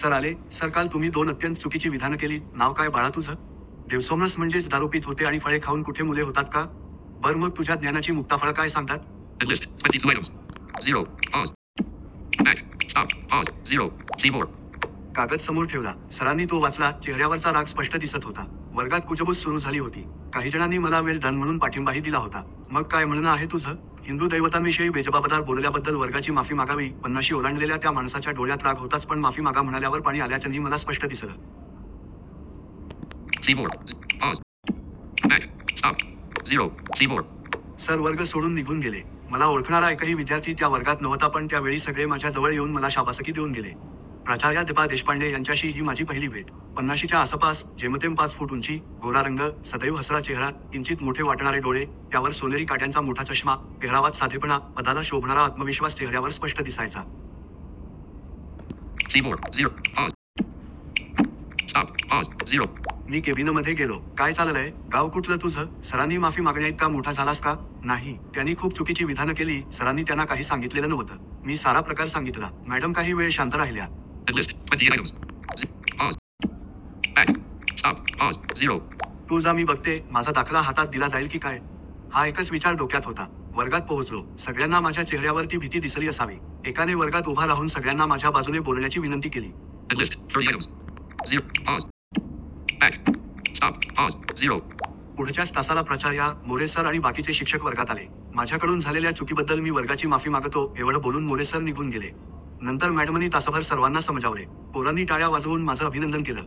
Sir आले,"सर काल तुम्ही दोन अत्यंत चुकिची विधानं केलीत" "नाव काय बाळा तुझं? " "देव सोमरस म्हणजेच दारू पीत होते आणि फळे खाऊन कुठे मुले होतात का? " "बर मग तुझ्या ज्ञानाची मुक्ताफळं काय सांगतात? " कागद समोर ठेवला. सरांनी तो वाचला, चेहर्यावरचा राग स्पष्ट दिसत होता. वर्गात कुजबूज सुरू झाली होती. काहीजणांनी मला वेल डन म्हणून पाठींबाही दिला होता. "मग काय म्हणनं आहे तुझं? " "हिंदु दैवतांविषयी बेजबाबदार बोलल्याबद्दल वर्गाची माफी मागावी" पन्नाशी ओलांडलेल्या त्या माणसाच्या डोळ्यात राग होताच पण माफी मागा म्हणाल्यावर पाणी आल्याचंही मला स्पष्ट दिसलं. सर वर्ग सोडून निघून गेले. मला ओळखणारा एकही विध्यार्थी त्या वर्गात नव्हता पण त्या वेळी सगळे माझ्या जवळ येऊन मला शाबासकी देऊन गेले. प्राचार्या दिपा देशपांडे यांच्याशी ही माझी पहिली भेट. पन्नाशीच्या आसपास, जेमतेम पाच फुट उंची, गोरा रंग, सदैव हसरा चेहरा, किंचीत मोठे वाटणारे डोळे, त्यावर सोनेरी काड्यांचा मोठा चष्मा, पेहरावात साधेपणा, पदाला शोभणारा आत्मविश्वास चेहर्यावर स्पष्ट दिसायचा. मी केबीनमधे गेलो. "काय चाललय? गाव कुठलं तुझं? " "सरांनी माफी मागण्याइतका मोठा झालास का? " "नाही. त्यानी खूप चुकिची विधानं केली" सरांनी त्याना काही सांगितलेलं नव्हतं. मी सारा प्रकार सांगितला. मॅडम काही वेळ शांत राहिल्या. "तू जा मी बघते" माझा दाखला हातात दिला जाईल की काय? हा एकच विचार डोक्यात होता. वर्गात पोहोचलो. सगळ्यांना माझ्या चेहर्यावर ती भिती दिसली असावी. एकाने वर्गात उभा राहून सगळ्यांना माझ्या बाजूने बोलण्याची विनंती केली. पुढच्याच तासाला प्राचार्या, मोरे सर आणि बाकीचे शिक्षक वर्गात आले. "माझ्याकडून झालेल्या चुकिबद्दल मी वर्गाची माफी मागतो" एवढ बोलून मोरे सर निघून गेले. नंतर मॅडमनी तासभर सर्वांना समजावले. पोरांनी टाळ्या वाजवून माझं अभिनंदन केलं.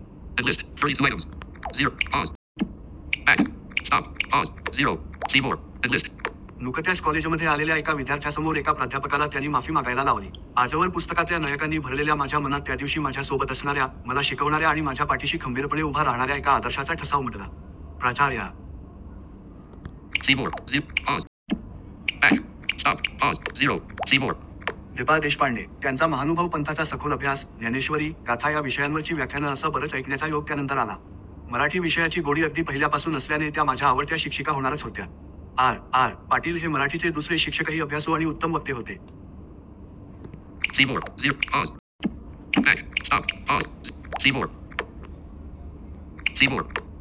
नुकत्याच कॉलेजमधे आलेल्या एका विध्यार्थ्यासमोर एका प्राध्यापकाला त्यानी माफी मागायला लावली. आजवर पुस्तकातल्या नायकांनी भरलेल्या माझ्या मनात त्यादिवशी माझ्या सोबत असणार्या, मला शिकवणार्या आणि माझ्या पाठीशी खंबीरपणे उभा राहणार्या एका आदर्शाचा ठसा उमटला. प्राचार्या दिपा देशपांडे. त्यांचा महानुभव पंथाचा सखोल अभ्यास, ज्ञानेश्वरी, गाथा या विषयांवरची व्याख्यानं असं बरच ऐकण्याचा योग त्यानंतर आला. मराठी विषयाची गोडी अगदी पहिल्यापासून असल्याने त्या माझ्या आवडत्या शिक्षीका होणारच होत्या. आर. आर. पाटील हे मराठीचे दुसरे शिक्षकही अभ्यासू आणि उत्तम वक्ते होते.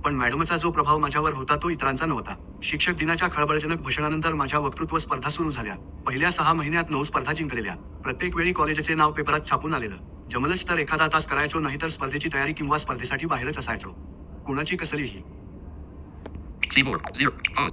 पण मॅडमचा जो प्रभाव माझ्यावर होता तो इतरांचा नव्हता. शिक्षक दिनाच्या खळबळजनक भषणानंतर माझ्या वक्तृत्व स्पर्धा सुरू झाल्या. पहिल्या सहा महिन्यात नऊ स्पर्धा जिंकलेल्या. प्रत्येक वेळी कॉलेजचे नाव पेपरात छापून आलेलं. जमलच तर एखादा तास करायचो नाहीतर स्पर्धेची तयारी किंवा स्पर्धेसाठी बाहेरच असायचो. कुणाची कसलीही--